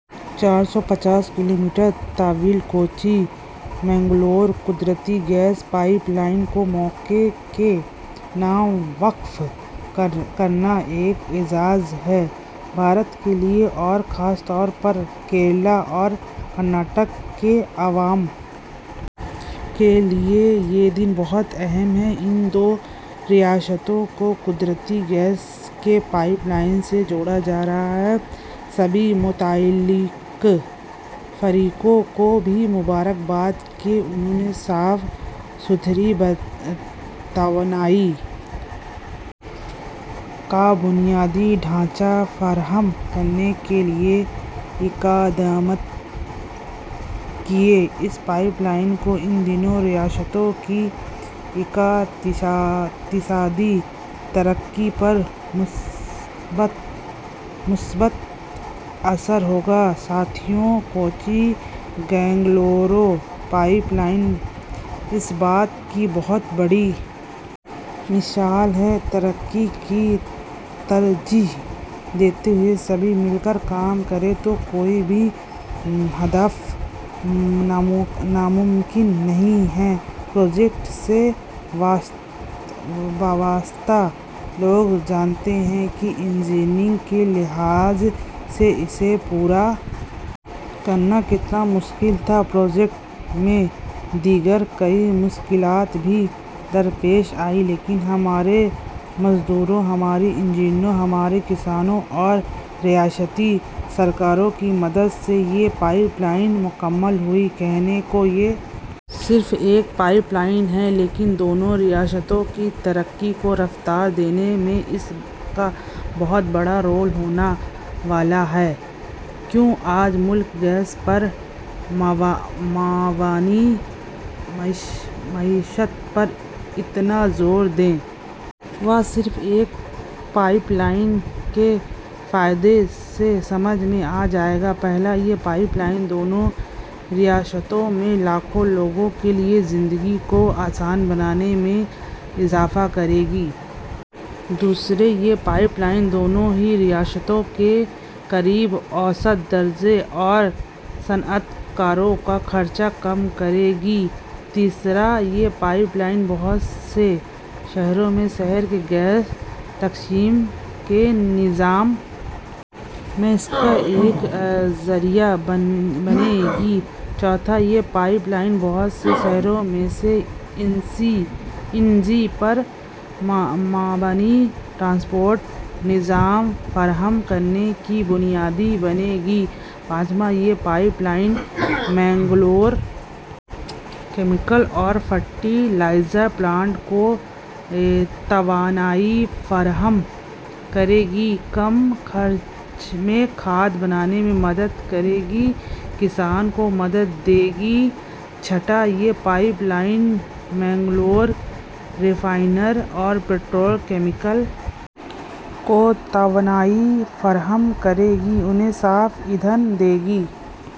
چار سو پچاس کلو میٹر طویل کوچی مینگلورو قدرتی گیس پائپ لائن کو قوم کے نام وقف کرنا ایک اعزاز ہے بھارت کے لیے اور خاص طور پر کیرلہ اور کرناٹک کے عوام کے لیے یہ دن بہت اہم ہے ان دو ریاستوں کو قدرتی گیس کے پائپ لائن سے جوڑا جا رہا ہے سبھی متعلقہ فریقوں کو بھی مبارکباد کہ انہوں نے صاف ستھری توانائی کا بنیادی ڈھانچہ فراہم کرنے کے لیے اقدامات کیے اس پائپ لائن کا ان دونوں ریاستوں کی اقتصادی ترقی پر مثبت اثر ہوگا ساتھیو کوچی مینگلورو پائپ لائن اس بات کی بہت بڑی مثال ہے کہ ترقی کو ترجیح دیتے ہوئے سبھی مل کر کام کریں تو کوئی بھی ہدف ناممکن نہیں یہ پروجیکٹ سے وابستہ لوگ جانتے ہیں کہ انجینئرنگ کے لحاظ سے اسے پورا کرنا کتنا مشکل تھا پروجیکٹ میں دیگر کئی مشکلات بھی درپیش آئیں لیکن ہمارے مزدوروں ہمارے انجینئروں ہمارے کسانوں اور ریاستی سرکاروں کی مدد سے یہ پائپ لائن مکمل ہوئی کہنے کو یہ صرف ایک پائپ لائن ہے لیکن دونوں ریاستوں کی ترقی کو رفتار دینے میں اس کا بہت بڑا رول ہونے والا ہے کیوں آج ملک گیس پر مبنی معیشت پر اتنا زور دے وہ صرف اس ایک پائپ لائن کے فائدوں سے سمجھ میں آ جائے گا پہلا یہ پائپ لائن دونوں ریاستوں میں لاکھوں لوگوں کے لیے زندگی کو آسان بنانے میں اضافہ کرے گی دوسرا یہ پائپ لائن دونوں ہی ریاستوں کے غریب اوسط درجے اور صنعت کاروں کا خرچ کم کرے گی تیسرا یہ پائپ لائن بہت سے شہروں میں شہر کے گیس تقسیم کے نظام میں اس کا ایک ذریعہ بنے گی چوتھا یہ پائپ لائن بہت سے شہروں میں سی این جی پر مبنی ٹرانسپورٹ نظام فراہم کرنے کی بنیاد بنے گی پانچواں یہ پائپ لائن مینگلور کیمیکل اور فرٹی لائزر پلانٹ کو توانائی فراہم کرے گی کم خرچ میں کھاد بنانے میں مدد کرے گی کسان کو مدد دے گی چھٹا یہ پائپ لائن مینگلور ریفائنری اور پیٹرو کیمیکل کو توانائی فراہم کرے گی انہیں صاف ایندھن دے گی